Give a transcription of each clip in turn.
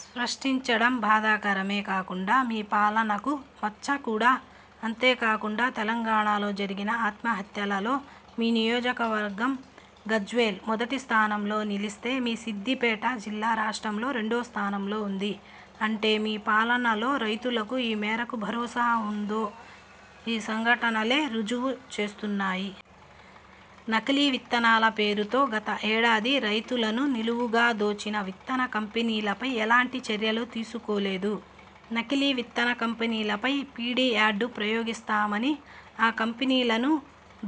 సృష్టించడం బాధాకరమే కాకుండా మీ పాలనకు మచ్చ కూడా. అంతేకాకుండా తెలంగాణలో జరిగిన ఆత్మహత్యలలో మీ నియోజకవర్గం గజ్వేల్ మొదటి స్థానంలో నిలిస్తే మీ సిద్దిపేట జిల్లా రాష్ట్రంలో రెండో స్థానంలో ఉంది. అంటే మీ పాలనలో రైతులకు ఏ మేరకు భరోసా ఉందో ఈ సంఘటనలే రుజువు చేస్తున్నాయి. నకిలీ విత్తనాల పేరుతో గత ఏడాది రైతులను నిలువుగా దోచిన విత్తన కంపెనీలపై ఎలాంటి చర్యలు తీసుకోలేదు. నకిలీ విత్తన కంపెనీలపై పి. డి యార్డ్ ప్రయోగిస్తామనీ, ఆ కంపెనీలను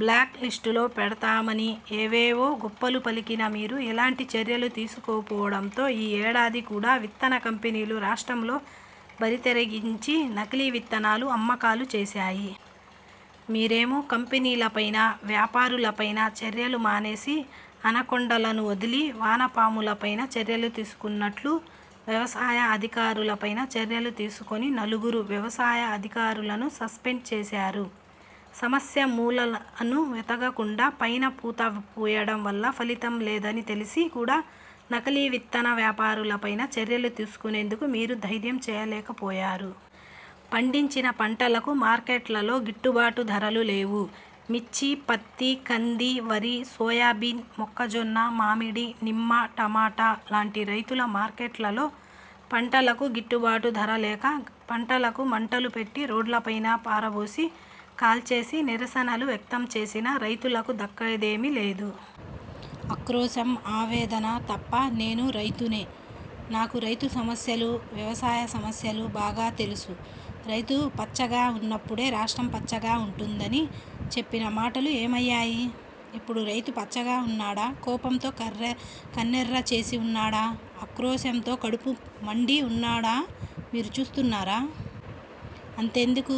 బ్లాక్ లిస్టులో పెడతామనీ, ఏవేవో గొప్పలు పలికిన మీరు ఎలాంటి చర్యలు తీసుకోకపోవడంతో ఈ ఏడాది కూడా విత్తన కంపెనీలు రాష్ట్రంలో బరితెగించి నకిలీ విత్తనాలు అమ్మకాలు చేశాయి. మీరేమో కంపెనీలపైన, వ్యాపారులపైన చర్యలు మానేసి, అనకొండలను వదిలి, వానపాములపైన చర్యలు తీసుకున్నట్లు, వ్యవసాయ అధికారులపైన చర్యలు తీసుకొని నలుగురు వ్యవసాయ అధికారులను సస్పెండ్ చేశారు. సమస్య మూలలను వెతకకుండా పైన పూత పూయడం వల్ల ఫలితం లేదని తెలిసి కూడా నకిలీ విత్తన వ్యాపారులపైన చర్యలు తీసుకునేందుకు మీరు దైర్యం చేయలేకపోయారు. పండించిన పంటలకు మార్కెట్లలో గిట్టుబాటు ధరలు లేవు. మిర్చి, పత్తి, కంది, వరి, సోయాబీన్, మొక్కజొన్న, మామిడి, నిమ్మ, టమాట లాంటి రైతుల మార్కెట్లలో పంటలకు గిట్టుబాటు ధర లేక, పంటలకు మంటలు పెట్టి, రోడ్లపైన పారబోసి, కాల్చేసి నిరసనలు వ్యక్తం చేసినా రైతులకు దక్కిందేమీ లేదు. ఆక్రోశం, ఆవేదన తప్ప. ''నేనూ రైతునే. నాకు రైతు సమస్యలు, వ్యవసాయ సమస్యలు బాగా తెలుసు. రైతు పచ్చగా ఉన్నప్పుడే రాష్ట్రం పచ్చగా ఉంటుం''దని చెప్పిన మాటలు ఏమయ్యాయి. ఇప్పుడు రైతు పచ్చగా ఉన్నాడా, కోపంతో కన్నెర్ర జేసి ఉన్నాడా, ఆక్రోశంతో కడుపు మండి ఉన్నాడామీరు చూస్తున్నరా? అంతెందుకు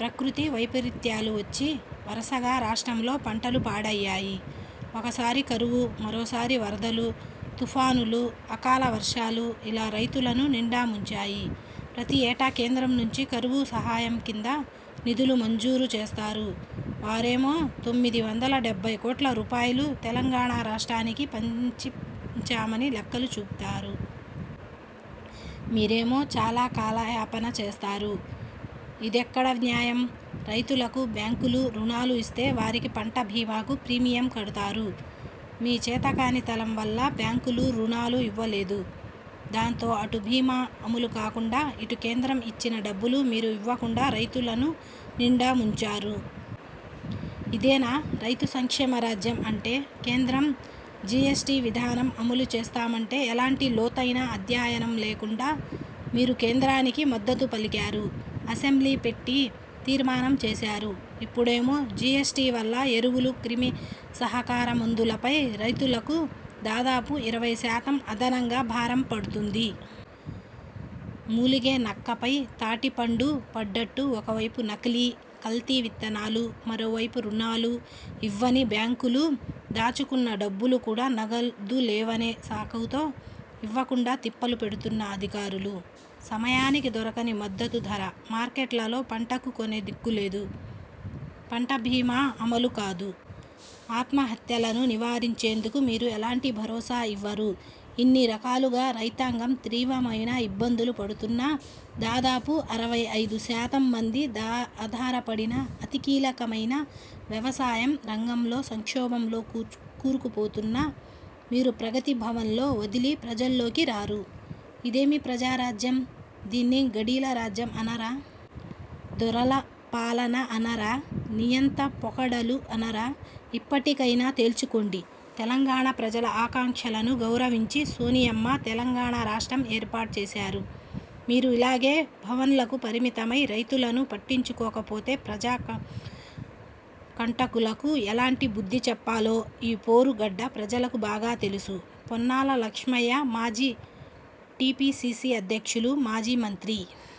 ప్రకృతి వైపరీత్యాలు వచ్చి వరసగా రాష్ట్రంలో పంటలు పాడయ్యాయి. ఒకసారి కరువు, మరోసారి వరదలు, తుఫానులు, అకాల వర్షాలు ఇలా రైతులను నిండా ముంచాయి. ప్రతి ఏటా కేంద్రం నుంచి కరువు సహాయం కింద నిధులు మంజూరు చేస్తారు. వారేమో తొమ్మిది వందల డెబ్బై కోట్ల రూపాయలు తెలంగాణ రాష్ట్రానికి పంచించామని లెక్కలు చూపుతారు. మీరేమో చాల కాలయాపన చేస్తారు. ఇదెక్కడ న్యాయం? రైతులకు బ్యాంకులు రుణాలు ఇస్తే వారికి పంట బీమాకు ప్రీమియం కడుతారు. మీ చేతకానితనం వల్ల బ్యాంకులు రుణాలు ఇవ్వలేదు. దాంతో అటు బీమా అమలు కాకుండా, ఇటు కేంద్రం ఇచ్చిన డబ్బులు మీరు ఇవ్వకుండా రైతులను నిండా ముంచారు. ఇదేనా రైతు సంక్షేమ రాజ్యం అంటే? కేంద్రం జి. ఎస్. టి విధానం అమలు చేస్తామంటే ఎలాంటి లోతైన అధ్యయనం లేకుండా మీరు కేంద్రానికి మద్దతు పలికారు, అసెంబ్లీ పెట్టి తీర్మానం చేశారు. ఇప్పడేమో జి. ఎస్. టి వల్ల ఎరువులు, క్రిమిసంహారక మందులపై రైతులకు దాదాపు ఇరవై శాతం అదనంగా భారం పడుతుంది. మూలిగే నక్కపై తాటిపండు పడ్డట్టు, ఒకవైపు నకిలీ, కల్తీ విత్తనాలు, మరోవైపు రుణాలు ఇవ్వని బ్యాంకులు, దాచుకున్న డబ్బులు కూడా నగదు లేవనే సాకుతో ఇవ్వకుండా తిప్పలు పెడుతున్న అధికారులు, సమయానికి దొరకని మద్దతు ధర, మార్కెట్లలో పంటకు కొనే దిక్కులేదు, పంట బీమా అమలు కాదు. ఆత్మహత్యలను నివారించేందుకు మీరు ఎలాంటి భరోసా ఇవ్వరు, ఇన్ని రకాలుగా రైతాంగం తీవ్రమైన ఇబ్బందులు పడుతున్నా, దాదాపు అరవై ఐదు శాతం మంది ఆధారపడిన అతి కీలకమైన వ్యవసాయం రంగం సంక్షోభంలో కూరుకుపోతున్నా, మీరు ప్రగతిభవన్లో వదిలి ప్రజల్లోకి రారు. ఇదేమి ప్రజా రాజ్యం. దీన్ని గడీల రాజ్యం అనరా? దొరల పాలన అనరా? నియంత పోకడలు అనరా? ఇప్పటికైనా తేల్చుకోండి. తెలంగాణ ప్రజల ఆకాంక్షలను గౌరవించి సోనియమ్మ తెలంగాణ రాష్ట్రం ఏర్పాటు చేశారు. మీరు ఇలాగే భవన్లకు పరిమితమై రైతులను పట్టించుకోకపోతే ప్రజా కంటకులకు ఎలాంటి బుద్ధి చెప్పాలో ఈ పోరు గడ్డ ప్రజలకు బాగా తెలుసు. పొన్నాల లక్ష్మయ్యమాజీ టిపిసిసి అధ్యక్షులు, మాజీ మంత్రి